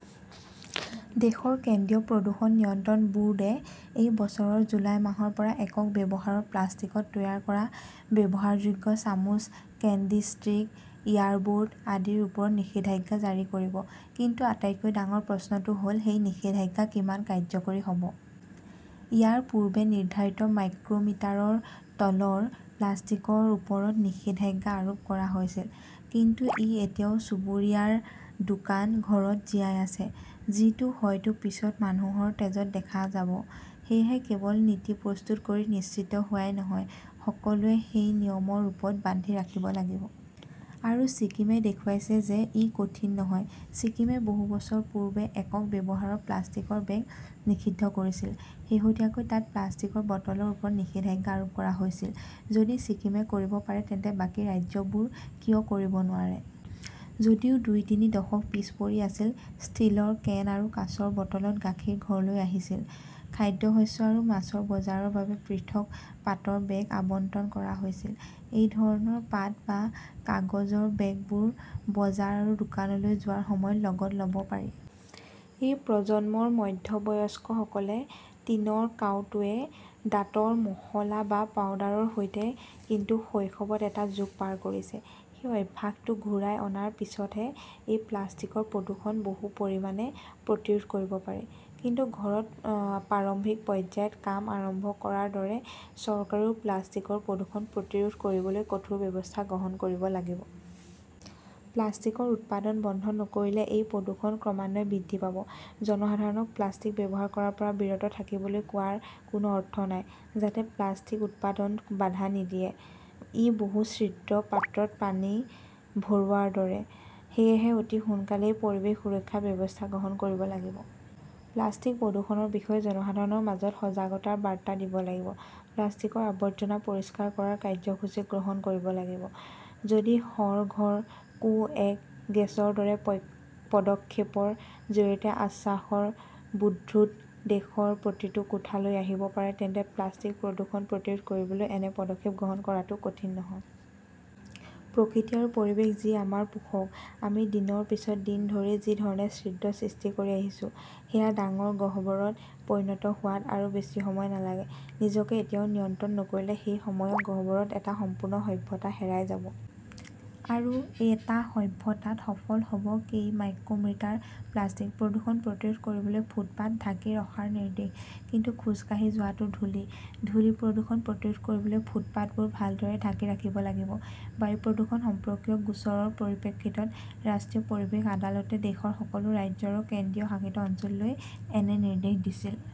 দেশৰ কেন্দ্ৰীয় প্ৰদূষণ নিয়ন্ত্ৰণ বোৰ্ডে এই বছৰৰ জুলাই মাহৰ পৰা একক ব্যৱহাৰৰ প্লাষ্টিকত তৈয়াৰ কৰা ব্যৱহাৰযোগ্য, চামুচ, কেণ্ডি ষ্টিক, ইয়াৰবড আদিৰ ওপৰত নিষেধাজ্ঞা জাৰি কৰিব। কিন্তু আটাইতকৈ ডাঙৰ প্ৰশ্নটো হ'ল সেই নিষেধাজ্ঞা কিমান কাৰ্যকৰী হ'ব। ইয়াৰ পূৰ্বে নিৰ্ধাৰিত মাইক্ৰমিটাৰৰ তলৰ প্লাষ্টিকৰ ওপৰত নিষেধাজ্ঞা আৰোপ কৰা হৈছিল। কিন্তু ই এতিয়াও চুবুৰীয়া দোকান, ঘৰত জীয়াই আছে। যিটো হয়তো পিছত মানুহৰ তেজত দেখা যাব। সেয়েহে কেৱল নীতি প্ৰস্তুত কৰি নিশ্চিত হোৱাই নহয়, সকলোৱে সেই নিয়মৰ ৰূপত বান্ধি ৰাখিব লাগিব। আৰু ছিকিমে দেখুৱাইছে যে ই কঠিন নহয়। ছিকিমে বহু বছৰ পূৰ্বে একক ব্যৱহাৰৰ প্লাষ্টিকৰ বেগ নিষিদ্ধ কৰিছিল। শেহতীয়াকৈ তাত প্লাষ্টিকৰ বটলৰ ওপৰত নিষেধাজ্ঞা আৰোপ কৰা হৈছিল। যদি ছিকিমে কৰিব পাৰে, তেন্তে বাকী ৰাজ্যবোৰ কিয় কৰিব নোৱাৰে? যদিও দুই-তিনি দশক পিছ পৰি আছিল, ষ্টীলৰ কেন বা কাঁচৰ বটলত গাখীৰ ঘৰলৈ আহিছিল, খাদ্যশস্য আৰু মাছৰ বজাৰৰ বাবে পৃথক পাটৰ বেগ আবণ্টন কৰা হৈছিল। এই ধৰণৰ পাট বা কাগজৰ বেগবোৰ বজাৰ আৰু দোকানলৈ যোৱাৰ সময়ত লগত ল'ব পাৰি। এই প্ৰজন্মৰ মধ্যবয়স্কসকলে টিনৰ কাউটোৱে দাঁতৰ মশলা বা পাউডাৰৰ সৈতে কিন্তু শৈশৱত এটা যুগ পাৰ কৰিছে। সেই অভ্যাসটো ঘূৰাই অনাৰ পিছতহে এই প্লাষ্টিকৰ প্ৰদূষণ বহু পৰিমাণে প্ৰতিৰোধ কৰিব পাৰি। কিন্তু ঘৰত প্ৰাৰম্ভিক পৰ্যায়ত কাম আৰম্ভ কৰাৰ দৰে চৰকাৰেও প্লাষ্টিকৰ প্ৰদূষণ প্ৰতিৰোধ কৰিবলৈ কঠোৰ ব্যৱস্থা গ্ৰহণ কৰিব লাগিব। প্লাষ্টিকৰ উৎপাদন বন্ধ নকৰিলে এই প্ৰদূষণ ক্ৰমান্বয়ে বৃদ্ধি পাব। জনসাধাৰণক প্লাষ্টিক ব্যৱহাৰ কৰাৰ পৰা বিৰত থাকিবলৈ কোৱাৰ কোনো অৰ্থ নাই, যাতে প্লাষ্টিক উৎপাদনত বাধা নিদিয়ে। ই বহু-ছিদ্ৰ পাত্ৰত পানী ভৰোৱাৰ দৰে। সেয়েহে অতি সোনকালেই পৰিৱেশ সুৰক্ষা ব্যৱস্থা গ্ৰহণ কৰিব লাগিব। প্লাষ্টিক প্ৰদূষণৰ বিষয়ে জনসাধাৰণৰ মাজত সজাগতাৰ বাৰ্তা দিব লাগিব, প্লাষ্টিকৰ আৱৰ্জনা পৰিষ্কাৰ কৰাৰ কাৰ্যসূচী গ্ৰহণ কৰিব লাগিব। যদি হৰ ঘৰ কো এক গেছৰ দৰে পদক্ষেপৰ জৰিয়তে আশ্বাসৰ বুদ্বুদ দেশৰ প্ৰতিটো কোঠালৈ আহিব পাৰে, তেন্তে প্লাষ্টিক প্ৰদূষণ প্ৰতিৰোধ কৰিবলৈ এনে পদক্ষেপ গ্ৰহণ কৰাটোও কঠিন নহয়। প্ৰকৃতি আৰু পৰিৱেশ যি আমাৰ পোষক, আমি দিনৰ পিছত দিন যি ধৰণে ছিদ্ৰ সৃষ্টি কৰি আহিছো, সেয়া ডাঙৰ গহ্বৰত পৰিণত হোৱাত আৰু বেছি সময় নালাগে। নিজকে এতিয়াও নিয়ন্ত্ৰণ নকৰিলে সেই সময়ৰ গহ্বৰত এটা সম্পূৰ্ণ সভ্যতা হেৰাই যাব। আৰু এটা সভ্যতাত সফল হ'ব কেই মাইক্ৰমিটাৰ প্লাষ্টিক। প্ৰদূষণ প্ৰতিৰোধ কৰিবলৈ ফুটপাত ঢাকি ৰখাৰ নিৰ্দেশ, কিন্তু খোজ কাঢ়ি যোৱাটো ধূলি! ধূলি প্ৰদূষণ প্ৰতিৰোধ কৰিবলৈ ফুটপাতবোৰ ভালদৰে ঢাকি ৰাখিব লাগিব। বায়ু প্ৰদূষণ সম্পৰ্কীয় গোচৰৰ পৰিপ্ৰেক্ষিতত ৰাষ্ট্ৰীয় পৰিৱেশ আদালতে দেশৰ সকলো ৰাজ্য আৰু কেন্দ্ৰীয় শাসিত অঞ্চললৈ এনে নিৰ্দেশ দিছিল।